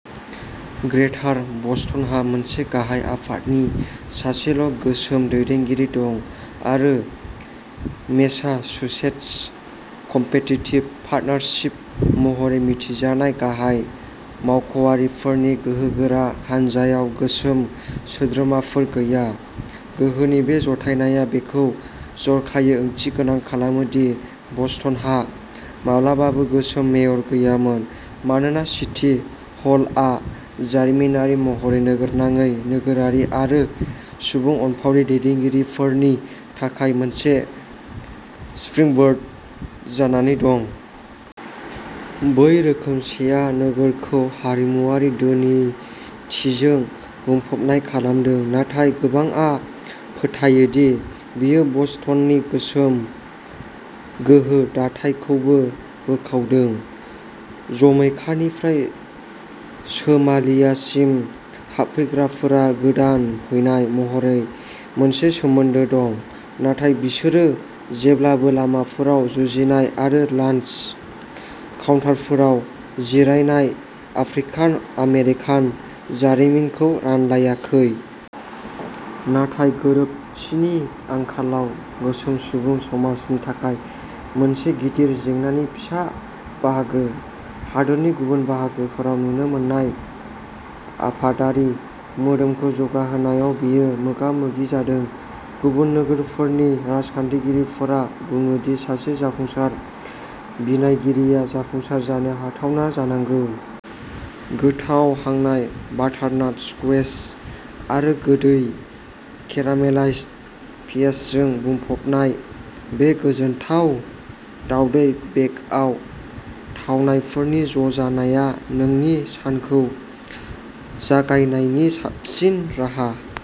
ग्रेटार बस्टनहा मोनसे गाहाय आफादनि सासेल'गोसोम दैदेनगिरि दं। आरो मेसाचुसेट्स कम्पिटिटिभ पार्टनारशिप महरै मिथिजानाय गाहाय मावख'आरिफोरनि गोहोगोरा हानजायाव गोसोम सोद्रोमाफोर गैया। गोहोनि बे ज'थायनाया बेखौ जर'खायै ओंथिगोनां खालामो दि बस्टनहा माब्लाबाबो गोसोम मेयर गैयामोन, मानोना सिटी हलआ जारिमिनारि महरै नोगोरनाङै नोगोरारि आरो सुबुं अनफावरि दैदेनगिरिफोरनि थाखाय मोनसे स्प्रिंबोर्ड जानानै दं। बै रोखोमसेथिया नोगोरखौ हारिमुआरि धोनिथिजों बुंफबनाय खालामदों, नाथाय गोबांआ फोथायो दि बेयो बस्टननि गोसोम गोहो दाथायखौबो बोखावदों। जमैकानिफ्राय सोमालियासिम हाबफैग्राफोरा गोदान फैनाय महरै मोनसे सोमोन्दो दं, नाथाय बिसोरो जेब्लाबो लामाफोराव जुजिनाय आरो लान्स काउन्टारफोराव जिरायनाय आफ्रिकान-आमेरिकान जारिमिनखौ रानलायाखै। नाथाय गोरोबथिनि आंखालआ गोसोम सुबुं समाजनि थाखाय मोनसे गिदिर जेंनानि फिसा बाहागोः हादोरनि गुबुन बाहागोफोराव नुनो मोननाय आफादारि मोदोमखौ जौगाहोनायाव बेयो मोगा-मोगि जादों। गुबुन नोगोरफोरनि राजखान्थिगिरिफोरा बुङो दि सासे जाफुंसार बिनायगिरिया जाफुंसार जानो हाथावना जानांगौ। गोथाव हांनाय बाटारनाट स्क्वैश आरो गोदै केरामेलाइज्ड पियाजजों बुंफबनाय, बे गोजोनथाव दावदै बेकआव थावनायफोरनि ज'जानाया नोंनि सानखौ जागायनायनि साबसिन राहा।